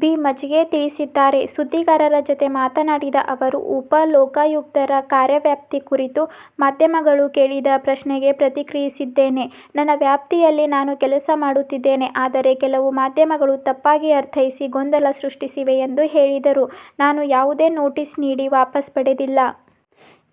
B. Majage ತಿಳಿಸಿದ್ದಾರೆ. ಸುದ್ದಿಗಾರರ ಜತೆ ಮಾತನಾಡಿದ ಅವರು, ಉಪಲೋಕಾಯುಕ್ತರ ಕಾರ್ಯವ್ಯಾಪ್ತಿ ಕುರಿತು ಮಾಧ್ಯಮಗಳು ಕೇಳಿದ ಪ್ರಶ್ನೆಗೆ ಪ್ರತಿಕ್ರಿಯಿಸಿದ್ದೇನೆ. ನನ್ನ ವ್ಯಾಪ್ತಿಯಲ್ಲಿ ನಾನು ಕೆಲಸ ಮಾಡುತ್ತಿದ್ದೇನೆ. ಆದರೆ, ಕೆಲವು ಮಾಧ್ಯಮಗಳು ತಪ್ಪಾಗಿ ಅರ್ಥೈಸಿ ಗೊಂದಲ ಸೃಷ್ಟಿಸಿವೆ ಎಂದು ಹೇಳಿದರು. ನಾನು ಯಾವುದೇ ನೊಟೀಸ್ ನೀಡಿ ವಾಪಸ್ ಪಡೆದಿಲ್ಲ.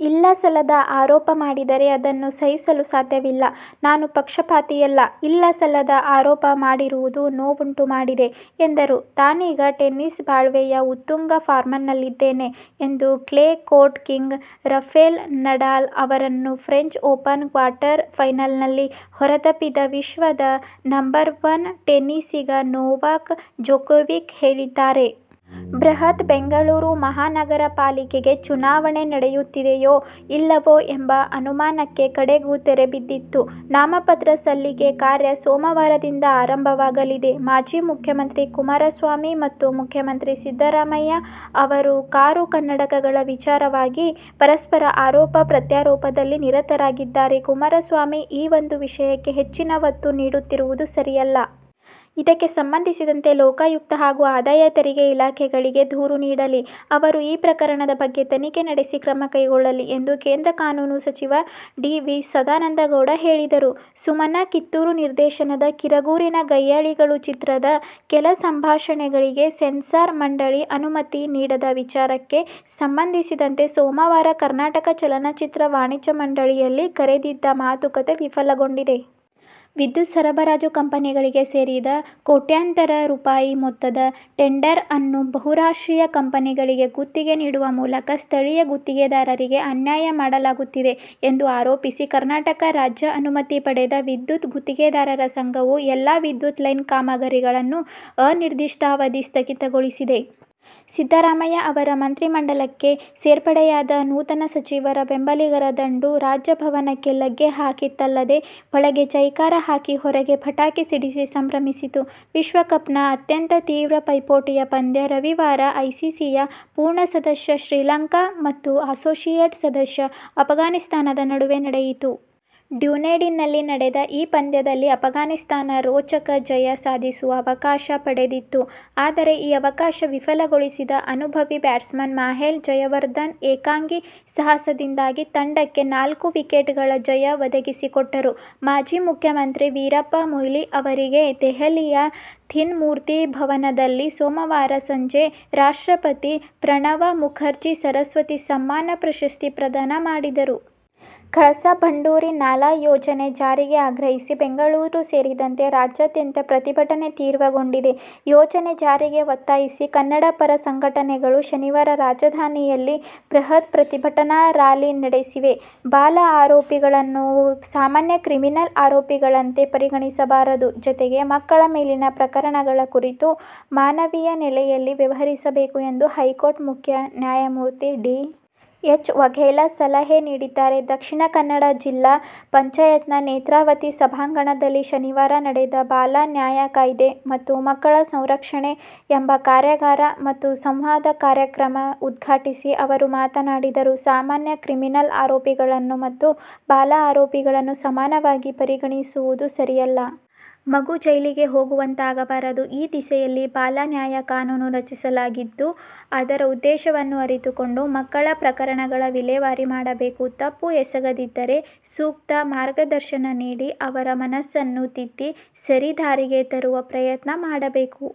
ಇಲ್ಲ-ಸಲ್ಲದ ಆರೋಪ ಮಾಡಿದರೆ ಅದನ್ನು ಸಹಿಸಲು ಸಾಧ್ಯವಿಲ್ಲ. ನಾನು ಪಕ್ಷಪಾತಿಯಲ್ಲ. ಇಲ್ಲ-ಸಲ್ಲದ ಆರೋಪ ಮಾಡಿರುವುದು ನೋವುಂಟು ಮಾಡಿದೆ ಎಂದರು. ತಾನೀಗ ಟೆನಿಸ್ ಬಾಳ್ವೆಯ ಉತ್ತುಂಗ ಫಾರ್ಮ್ನಲ್ಲಿದ್ದೇನೆ ಎಂದು "clay court king' Rafael Nadal ಅವರನ್ನು ಫ್ರೆಂಚ್ ಓಪನ್ ಕ್ವಾರ್ಟರ್ ಫೈನಲ್ನಲ್ಲಿ ಹೊರದಬ್ಬಿದ ವಿಶ್ವದ ನಂಬರ್ ವನ್ ಟೆನಿಸಿಗ ನೊವಾಕ್ ಜೊಕೋವಿಕ್ ಹೇಳಿದ್ದಾರೆ. ಬೃಹತ್ ಬೆಂಗಳೂರು ಮಹಾನಗರ ಪಾಲಿಕೆ ಗೆ ಚುನಾವಣೆ ನಡೆಯುತ್ತದೆಯೋ ಇಲ್ಲವೋ ಎಂಬ ಅನುಮಾನಕ್ಕೆ ಕಡೆಗೂ ತೆರೆ ಬಿದ್ದಿದ್ದು, ನಾಮಪತ್ರ ಸಲ್ಲಿಕೆ ಕಾರ್ಯ ಸೋಮವಾರದಿಂದ ಆರಂಭವಾಗಲಿದೆ. ಮಾಜಿ ಮುಖ್ಯಮಂತ್ರಿ ಕುಮಾರಸ್ವಾಮಿ ಮತ್ತು ಮುಖ್ಯಮಂತ್ರಿ ಸಿದ್ದರಾಮಯ್ಯ ಅವರು ಕಾರು, ಕನ್ನಡಕಗಳ ವಿಚಾರವಾಗಿ ಪರಸ್ಪರ ಆರೋಪ-ಪ್ರತ್ಯಾರೋಪದಲ್ಲಿ ನಿರತರಾಗಿದ್ದಾರೆ. ಕುಮಾರಸ್ವಾಮಿ ಈ ಒಂದು ವಿಷಯಕ್ಕೆ ಹೆಚ್ಚಿನ ಒತ್ತು ನೀಡುತ್ತಿರುವುದು ಸರಿಯಲ್ಲ. ಇದಕ್ಕೆ ಸಂಬಂಧಿಸಿದಂತೆ ಲೋಕಾಯುಕ್ತ ಹಾಗೂ ಆದಾಯ ತೆರಿಗೆ ಇಲಾಖೆಗಳಿಗೆ ದೂರು ನೀಡಲಿ. ಅವರು ಈ ಪ್ರಕರಣದ ಬಗ್ಗೆ ತನಿಖೆ ನಡೆಸಿ ಕ್ರಮ ಕೈಗೊಳ್ಳಲಿ ಎಂದು ಕೇಂದ್ರ ಕಾನೂನು ಸಚಿವ ಡಿ. ವಿ. ಸದಾನಂದ ಗೌಡ ಹೇಳಿದರು. ಸುಮನಾ ಕಿತ್ತೂರು ನಿರ್ದೇಶನದ ಕಿರಗೂರಿನ ಗಯ್ಯಾಳಿಗಳು ಚಿತ್ರದ ಕೆಲ ಸಂಭಾಷಣೆಗಳಿಗೆ ಸೆನ್ಸಾರ್ ಮಂಡಳಿ ಅನುಮತಿ ನೀಡದ ವಿಚಾರಕ್ಕೆ ಸಂಬಂಧಿಸಿದಂತೆ ಸೋಮವಾರ ಕರ್ನಾಟಕ ಚಲನಚಿತ್ರ ವಾಣಿಜ್ಯ ಮಂಡಳಿಯಲ್ಲಿ ಕರೆದಿದ್ದ ಮಾತುಕತೆ ವಿಫಲಗೊಂಡಿದೆ. ವಿದ್ಯುತ್ ಸರಬರಾಜು ಕಂಪನಿಗಳಿಗೆ ಸೇರಿದ ಕೋಟ್ಯಂತರ ರೂ. ಮೊತ್ತದ ಟೆಂಡರ್ ಅನ್ನು ಬಹುರಾಷ್ಟ್ರೀಯ ಕಂಪನಿಗಳಿಗೆ ಗುತ್ತಿಗೆ ನೀಡುವ ಮೂಲಕ ಸ್ಥಳೀಯ ಗುತ್ತಿಗೆದಾರರಿಗೆ ಅನ್ಯಾಯ ಮಾಡಲಾಗುತ್ತಿದೆ ಎಂದು ಆರೋಪಿಸಿ ಕರ್ನಾಟಕ ರಾಜ್ಯ ಅನುಮತಿ ಪಡೆದ ವಿದ್ಯುತ್ ಗುತ್ತಿಗೆದಾರರ ಸಂಘವು ಎಲ್ಲ ವಿದ್ಯುತ್ ಲೈನ್ ಕಾಮಗಾರಿಗಳನ್ನು ಅನಿರ್ದಿಷ್ಟಾವಧಿ ಸ್ಥಗಿತಗೊಳಿಸಿದೆ. ಸಿದ್ದರಾಮಯ್ಯ ಅವರ ಮಂತ್ರಿಮಂಡಲಕ್ಕೆ ಸೇರ್ಪಡೆಯಾದ ನೂತನಸಚಿವರ ಬೆಂಬಲಿಗರ ದಂಡು ರಾಜಭವನಕ್ಕೆ ಲಗ್ಗೆ ಹಾಕಿತ್ತಲ್ಲದೆ ಒಳಗೆ ಜೈಕಾರ ಹಾಕಿ ಹೊರಗೆ ಪಟಾಕಿ ಸಿಡಿಸಿ ಸಂಭ್ರಮಿಸಿತು. ವಿಶ್ವ ಕಪ್ನ ಅತ್ಯಂತ ತೀವ್ರ ಪೈಪೋಟಿಯ ಪಂದ್ಯ ರವಿವಾರ ಐಸಿಸಿಯ ಪೂರ್ಣ ಸದಸ್ಯ ಶ್ರೀಲಂಕಾ ಮತ್ತು ಅಸೋಸಿಯೇಟ್ ಸದಸ್ಯ ಅಫ್ಘಾನಿಸ್ಥಾನದ ನಡುವೆ ನಡೆಯಿತು. ಡ್ಯುನೆಡಿನ್ನಲ್ಲಿ ನಡೆದ ಈ ಪಂದ್ಯದಲ್ಲಿ ಅಫ್ಘಾನಿಸ್ಥಾನ ರೋಚಕ ಜಯ ಸಾಧಿಸುವ ಅವಕಾಶ ಪಡೆದಿತ್ತು. ಆದರೆ ಈ ಅವಕಾಶ ವಿಫಲಗೊಳಿಸಿದ ಅನುಭವಿ ಬ್ಯಾಟ್ಸ್ಮನ್ ಮಾಹೇಲ ಜಯವರ್ಧನ ಏಕಾಂಗಿ ಸಾಹಸದಿಂದಾಗಿ ತಂಡಕ್ಕೆ ನಾಲ್ಕು ವಿಕೆಟ್ಗಳ ಜಯ ಒದಗಿಸಿಕೊಟ್ಟರು. ಮಾಜಿ ಮುಖ್ಯಮಂತ್ರಿ ವೀರಪ್ಪ ಮೊಯ್ಲಿ ಅವರಿಗೆ ದೆಹಲಿಯ ತೀನ್ ಮೂರ್ತಿ ಭವನದಲ್ಲಿ ಸೋಮವಾರ ಸಂಜೆ ರಾಷ್ಟ್ರಪತಿ ಪ್ರಣವ ಮುಖರ್ಜಿ ಸರಸ್ವತಿ ಸಮ್ಮಾನ್ ಪ್ರಶಸ್ತಿ ಪ್ರದಾನ ಮಾಡಿದರು. ಕಳಸಾ ಬಂಡೂರಿ ನಾಲಾ ಯೋಜನೆ ಜಾರಿಗೆ ಆಗ್ರಹಿಸಿ ಬೆಂಗಳೂರು ಸೇರಿದಂತೆ ರಾಜ್ಯಾದ್ಯಂತ ಪ್ರತಿಭಟನೆ ತೀವ್ರಗೊಂಡಿದೆ. ಯೋಜನೆ ಜಾರಿಗೆ ಒತ್ತಾಯಿಸಿ ಕನ್ನಡಪರ ಸಂಘಟನೆಗಳು ಶನಿವಾರ ರಾಜಧಾನಿಯಲ್ಲಿ ಬೃಹತ್ ಪ್ರತಿಭಟನಾ ರಾಲಿ ನಡೆಸಿವೆ. ಬಾಲ ಆರೋಪಿಗಳನ್ನು ಸಾಮಾನ್ಯ ಕ್ರಿಮಿನಲ್ ಆರೋಪಿಗಳಂತೆ ಪರಿಗಣಿಸಬಾರದು. ಜತೆಗೆ, ಮಕ್ಕಳ ಮೇಲಿನ ಪ್ರಕರಣಗಳ ಕುರಿತು ಮಾನವೀಯ ನೆಲೆಯಲ್ಲಿ ವ್ಯವಹರಿಸಬೇಕು ಎಂದು ಹೈಕೋರ್ಟ್ ಮುಖ್ಯ ನ್ಯಾಯಮೂರ್ತಿ ಡಿ. ಎಚ್. ವಘೇಲಾ ಸಲಹೆ ನೀಡಿದ್ದಾರೆ. ದಕ್ಷಿಣ ಕನ್ನಡ ಜಿಲ್ಲಾ ಪಂಚಾಯತ್ನ ನೇತ್ರಾವತಿ ಸಭಾಂಗಣದಲ್ಲಿ ಶನಿವಾರ ನಡೆದ "ಬಾಲ ನ್ಯಾಯ ಕಾಯ್ದೆ' ಮತ್ತು ಮಕ್ಕಳ ಸಂರಕ್ಷಣೆ ಎಂಬ ಕಾರ್ಯಾಗಾರ ಮತ್ತು ಸಂವಾದ ಕಾರ್ಯಕ್ರಮ ಉದ್ಘಾಟಿಸಿ ಅವರು ಮಾತನಾಡಿದರು. ಸಾಮಾನ್ಯ ಕ್ರಿಮಿನಲ್ ಆರೋಪಿಗಳನ್ನು ಮತ್ತು ಬಾಲ ಆರೋಪಿಗಳನ್ನು ಸಮಾನವಾಗಿ ಪರಿಗಣಿಸುವುದು ಸರಿಯಲ್ಲ. ಮಗು ಜೈಲಿಗೆ ಹೋಗುವಂತಾಗಬಾರದು. ಈ ದಿಸೆಯಲ್ಲಿ ಬಾಲ ನ್ಯಾಯ ಕಾನೂನು ರಚಿಸಲಾಗಿದ್ದು, ಅದರ ಉದ್ದೇಶವನ್ನು ಅರಿತುಕೊಂಡು ಮಕ್ಕಳ ಪ್ರಕರಣಗಳ ವಿಲೇವಾರಿ ಮಾಡಬೇಕು. ತಪ್ಪು ಎಸಗಗಿದ್ದರೆ ಸೂಕ್ತ ಮಾರ್ಗದರ್ಶನ ನೀಡಿ ಅವರ ಮನಸ್ಸನ್ನು ತಿದ್ದಿ ಸರಿ ದಾರಿಗೆ ತರುವ ಪ್ರಯತ್ನ ಮಾಡಬೇಕು.